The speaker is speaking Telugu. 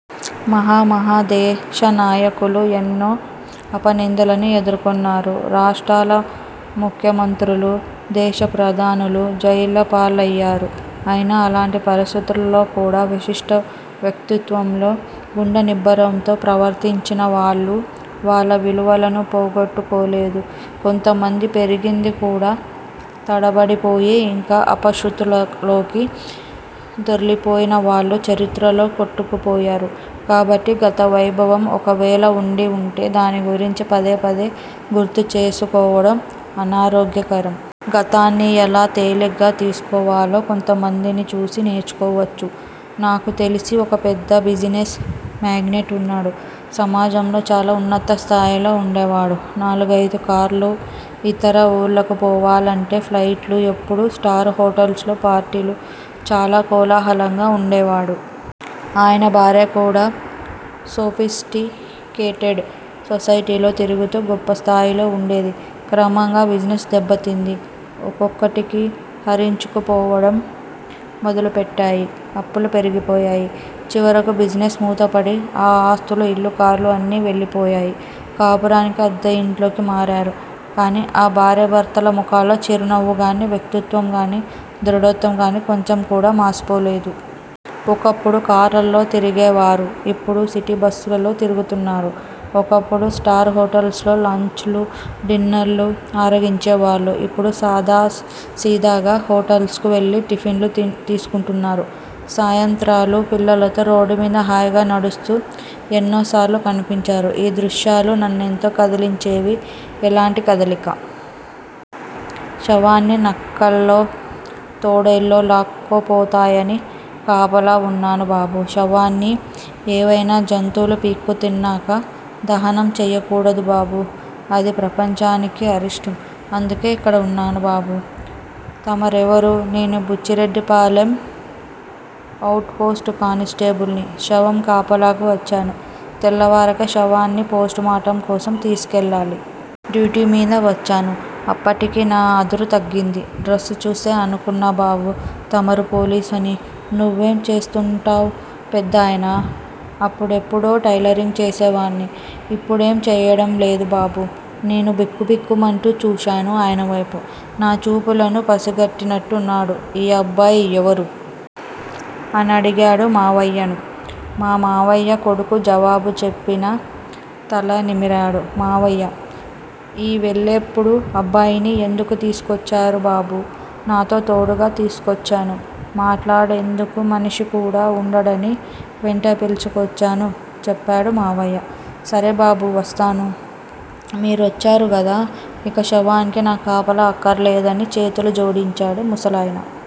మహా మహా దేశనాయకులు ఎన్నో అపనిందలను ఎదుర్కొన్నారు. రాష్ట్రాల ముఖ్య మంత్రులు, దేశప్రధానులు జైళ్ళపాలయ్యారు. అయినా అలాంటి పరిస్థితులలోకూడా విశిష్ట వ్యక్తిత్వంలో గుండెనిబ్బరంతో ప్రవర్తించిన వాళ్ళు, వాళ్ళ విలువలను పోగొట్టు కోలేదు. కొంతమంది పెరిగింది కూడా. తడబడిపోయి ఇంకా అపశ్రుతులలోకి దొర్లిపోయినవాళ్ళు చరిత్రలో కొట్టుకుపోయారు. కాబట్టి గతవైభవం ఒకవేళ వుండి వుంటే దాన్నిగురించి పదేపదే గుర్తుచేసుకోవటం అనారోగ్యకరం. గతాన్ని ఎలా తేలిగ్గా తీసుకోవాలో కొంతమందిని చూసి నేర్చుకోవచ్చు. నాకు తెలిసి ఒక పెద్ద బిజినెస్ మేగ్నెట్ వున్నాడు. సమాజంలో చాలా ఉన్నత స్థాయిలో వుండేవాడు. నాలుగైదు కార్లు, ఇతర ఊళ్ళకు పోవాలంటే ఫ్లైట్లు ఎప్పుడూ స్టార్ హోటల్స్ లో పార్టీలు, చాలా కోలాహలంగా వుండేవాడు. ఆయన భార్య కూడా సోఫిస్టికేటెడ్ సొసైటీలో తిరుగుతూ గొప్పస్థాయిలో వుండేది. క్రమంగా బిజినెస్ దెబ్బతింది. ఒకటొక్కటీ హరించుకుపోవటం మొదలుపెట్టాయి. అప్పులు పెరిగిపోయాయి. చివరకు బిజినెస్ మూతపడి, ఆ ఆస్తులూ, ఇళ్ళూ, కార్లూ అన్నీ వెళ్ళిపోయాయి. కాపురానికి అద్దెఇంట్లోకి మారారు. కాని ఆ భార్యాభర్తల ముఖాల్లో చిరునవ్వుగానీ, వ్యక్తిత్వం గానీ, దృఢత్వంగానీ కొంచెంకూడా మాసిపోలేదు. ఒకప్పుడు కార్లలో తిరిగేవారు. ఇప్పుడు సిటీబస్సులలో తిరుగుతున్నారు. ఒకప్పుడు స్టార్ హోటల్స్ లో లంచ్ లూ, డిన్నర్లూ ఆరగించేవారు. ఇప్పుడు సాదాసీదాగా హోటల్స్ కు వెళ్ళి టిఫిన్లు తీసుకుంటున్నారు. సాయంత్రాలు పిల్లలతో రోడ్డుమీద హాయిగా నడుస్తూ ఎన్నోసార్లు కనిపించారు. ఈ దృశ్యాలు నన్నెంతో కదిలించేవి. ఎలాంటి కదలిక? శవాన్ని నక్కలో, తోడేళ్లో లాక్కుపోతాయని కాపలా వున్నాను బాబూ. శవాన్ని ఏవైనా జంతువులు పీక్కుతిన్నాక దహనం చేయకూడదు బాబూ. అది ప్రపంచానికి అరిష్టం. అందుకే ఇక్కడ వున్నాను బాబూ. తమరెవరు? నేను బుచ్చిరెడ్డిపాలెం ఔట్ పోస్ట్ కానిస్టేబుల్ ని. శవం కాపలాకు వచ్చాను. తెల్లవారాక శవాన్ని పోస్ట్ మార్టం కోసం తీసుకెళ్ళాలి. డ్యూటీమీద వచ్చాను అప్పటికి నా అదురు తగ్గింది. డ్రస్ చూసే అనుకున్నా బాబూ తమరు పోలీసని. నువ్వేం చేస్తుంటావ్ పెద్దాయనా? అప్పుడెప్పుడో టైలరింగ్ చేసేవాడ్ని. ఇప్పుడేం చేయడం లేదు బాబూ. నేను బిక్కు బిక్కుమంటూ చూశాను ఆయనవైపు. నా చూపులను పసిగట్టినట్టున్నాడు ఈ అబ్బాయ్ ఎవరు? అనడిగాడు మావయ్యను. మా మావయ్య కొడుకు జవాబు చెప్పినా తల నిమిరాడు మావయ్య. ఈ వేల్లేప్పుడు అబ్బాయిని ఎందుకు తీసుకొచ్చారు బాబూ? నాకు తోడుగా తీసుకొచ్చాను. మాట్లాడేందుకు మనిషి కూడా వుండడని వెంట పిలుచుకొచ్చాను చెప్పాడు మావయ్య. సరే బాబూ! వస్తాను. మీరొచ్చారు గదా. ఇక శవానికి నా కాపలా అక్కర్లేదు అని చేతులు జోడించాడు ముసలాయన.